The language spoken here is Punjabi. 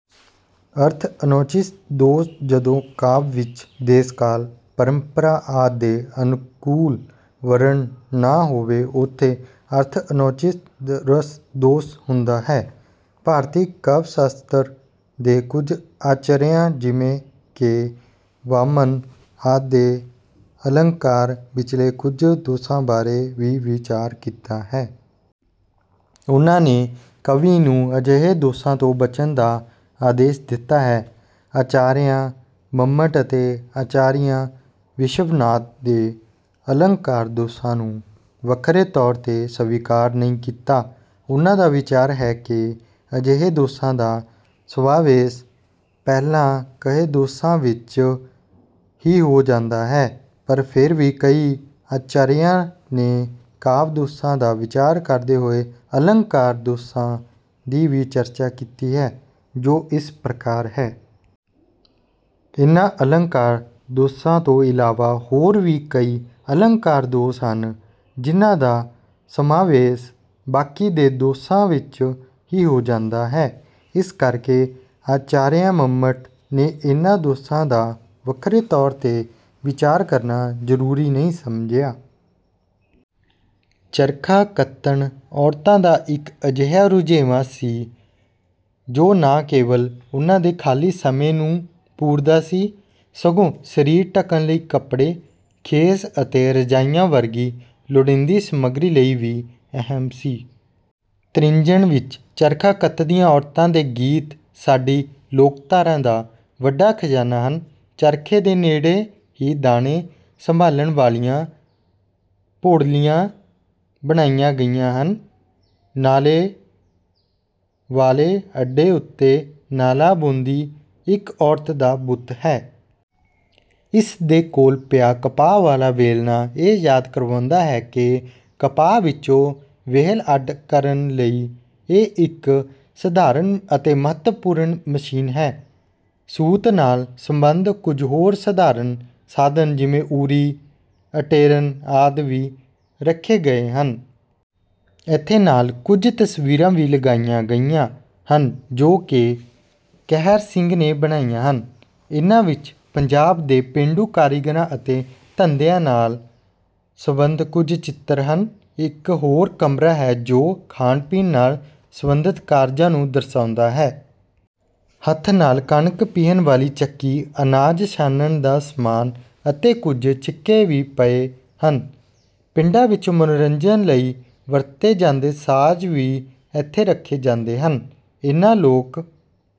ਅਰਥ-ਅਨੌਚਿਤਯ ਦੋਸ਼- ਜਦੋਂ ਕਾਵਿ ਵਿੱਚ ਦੇਸ਼-ਕਾਲ, ਪਰੰਪਰਾ ਆਦਿ ਦੇ ਅਨੁਕੂਲ ਵਰਣਨ ਨਾ ਹੋਵੇ ਤਾਂ ਉੱਥੇ 'ਅਰਥ-ਅਨੌਚਿਤਯ' ਰਸ ਦੋਸ਼ ਹੁੰਦਾ ਹੈ। ਭਾਰਤੀ ਕਾਵਿ-ਸ਼ਾਸਤਰ ਦੇ ਕੁਝ ਆਚਾਰੀਆਂ ਜਿਵੇਂ ਕਿ ਵਾਮਨ ਆਦਿ ਦੇ ਅਲੰਕਾਰ ਵਿੱਚਲੇ ਕੁਝ ਦੋਸ਼ਾਂ ਬਾਰੇ ਵੀ ਵਿਚਾਰ ਕੀਤਾ ਹੈ। ਉਨ੍ਹਾਂ ਨੇ ਕਵੀ ਨੂੰ ਅਜਿਹੇ ਦੋਸ਼ਾਂ ਤੋਂ ਬਚਣ ਦਾ ਆਦੇਸ਼ ਦਿੱਤਾ ਹੈ। ਆਚਾਰੀਆ ਮੰਮਟ ਅਤੇ ਆਚਾਰੀਆ ਵਿਸ਼ਵਨਾਥ ਨੇ ਅਲੰਕਾਰ ਦੋਸ਼ਾਂ ਨੂੰ ਵੱਖਰੇ ਤੌਰ 'ਤੇ ਸਵੀਕਾਰ ਨਹੀਂ ਕੀਤਾ। ਉਨ੍ਹਾਂ ਦਾ ਵਿਚਾਰ ਹੈ ਕਿ ਅਜਿਹੇ ਦੋਸ਼ਾਂ ਦਾ ਸਮਾਵੇਸ਼ ਪਹਿਲਾਂ ਕਹੇ ਦੋਸ਼ਾਂ ਵਿੱਚ ਹੀ ਹੋ ਜਾਂਦਾ ਹੈ, ਪਰ ਫਿਰ ਵੀ ਕਈ ਆਚਾਰੀਆਂ ਨੇ ਕਾਵਿ ਦੋਸ਼ਾਂ ਦਾ ਵਿਚਾਰ ਕਰਦੇ ਹੋਏ ਅਲੰਕਾਰ ਦੋਸ਼ਾਂ ਦੀ ਵੀ ਚਰਚਾ ਕੀਤੀ ਹੈ, ਜੋ ਇਸ ਪ੍ਰਕਾਰ ਹੈ। ਇਨ੍ਹਾਂ ਅਲੰਕਾਰ ਦੋਸ਼ਾਂ ਤੋਂ ਇਲਾਵਾ ਹੋਰ ਵੀ ਕਈ ਅਲੰਕਾਰ ਦੋਸ਼ ਹਨ ਜਿਨ੍ਹਾਂ ਦਾ ਸਮਾਵੇਸ਼ ਬਾਕੀ ਦੇ ਦੋਸ਼ਾਂ ਵਿੱਚ ਹੀ ਹੋ ਜਾਂਦਾ ਹੈ। ਇਸੇ ਕਰਕੇ ਆਚਾਰੀਆ ਮੰਮਟ ਨੇ ਇਨ੍ਹਾਂ ਦੋਸ਼ਾਂ ਦਾ ਵੱਖਰੇ ਤੌਰ 'ਤੇ ਵਿਚਾਰ ਕਰਨਾ ਜ਼ਰੂਰੀ ਨਹੀਂ ਸਮਝਿਆ। ਚਰਖਾ ਕੱਤਣਾ ਔਰਤਾਂ ਦਾ ਇੱਕ ਅਜਿਹਾ ਰੁਝੇਵਾਂ ਸੀ, ਜੋ ਨਾ ਕੇਵਲ ਉਨ੍ਹਾਂ ਦੇ ਖਾਲੀ ਸਮੇਂ ਨੂੰ ਪੂਰਦਾ ਸੀ, ਸਗੋਂ ਸਰੀਰ ਢੱਕਣ ਲਈ ਕੱਪੜੇ, ਖੇਸ ਅਤੇ ਰਜਾਈਆਂ ਵਰਗੀ ਲੋੜੀਂਦੀ ਸਮੱਗਰੀ ਲਈ ਵੀ ਅਹਿਮ ਸੀ। ਤ੍ਰਿੰਝਣ ਵਿੱਚ ਚਰਖਾ ਕੱਤਦੀਆਂ ਔਰਤਾਂ ਦੇ ਗੀਤ ਸਾਡੀ ਲੋਕਧਾਰਾ ਦਾ ਵੱਡਾ ਖਜ਼ਾਨਾ ਹਨ। ਚਰਖੇ ਦੇ ਨੇੜੇ ਹੀ ਦਾਣੇ ਸੰਭਾਲਣ ਵਾਲੀਆਂ ਭੜੋਲੀਆਂ ਬਣਾਈਆਂ ਗਈਆਂ ਹਨ। ਨਾਲੇ ਵਾਲੇ ਅੱਡੇ ਉੱਤੇ ਨਾਲਾ ਬੁਣਦੀ ਇੱਕ ਔਰਤ ਦਾ ਬੁੱਤ ਹੈ। ਇਸ ਦੇ ਕੋਲ ਪਿਆ ਕਪਾਹ ਵਾਲਾ ਵੇਲਣਾ ਇਹ ਯਾਦ ਕਰਵਾਉਂਦਾ ਹੈ ਕਿ ਕਪਾਹ ਵਿੱਚੋਂ ਵੇਹਲ ਅੱਡ ਕਰਨ ਲਈ ਇਹ ਇੱਕ ਸਧਾਰਨ ਅਤੇ ਮਹੱਤਵਪੂਰਨ ਮਸ਼ੀਨ ਹੈ। ਸੂਤ ਨਾਲ ਸਬੰਧਤ ਕੁਝ ਹੋਰ ਸਧਾਰਨ ਸਾਧਨ ਜਿਵੇਂ ਊਰੀ, ਅਟੇਰਨ ਆਦਿ ਵੀ ਰੱਖੇ ਗਏ ਹਨ। ਇੱਥੇ ਨਾਲ ਕੁਝ ਤਸਵੀਰਾਂ ਵੀ ਲਗਾਈਆਂ ਗਈਆਂ ਹਨ, ਜੋ ਕਿ ਕਿਹਰ ਸਿੰਘ ਨੇ ਬਣਾਈਆਂ ਹਨ। ਇਨ੍ਹਾਂ ਵਿੱਚ ਪੰਜਾਬ ਦੇ ਪੇਂਡੂ ਕਾਰੀਗਰਾਂ ਅਤੇ ਧੰਦਿਆਂ ਨਾਲ ਸਬੰਧਤ ਕੁਝ ਚਿੱਤਰ ਹਨ। ਇੱਕ ਹੋਰ ਕਮਰਾ ਹੈ, ਜੋ ਖਾਣ-ਪੀਣ ਨਾਲ ਸਬੰਧਤ ਕਾਰਜਾਂ ਨੂੰ ਦਰਸਾਉਂਦਾ ਹੈ। ਹੱਥ ਨਾਲ ਕਣਕ ਪੀਹਣ ਵਾਲੀ ਚੱਕੀ, ਅਨਾਜ ਛਾਣਨ ਦਾ ਸਮਾਨ ਅਤੇ ਕੁਝ ਛਿੱਕੇ ਵੀ ਪਏ ਹਨ। ਪਿੰਡਾਂ ਵਿੱਚ ਮਨੋਰੰਜਨ ਲਈ ਵਰਤੇ ਜਾਂਦੇ ਸਾਜ਼ ਵੀ ਇੱਥੇ ਰੱਖੇ ਜਾਂਦੇ ਹਨ। ਇਨ੍ਹਾਂ ਲੋਕ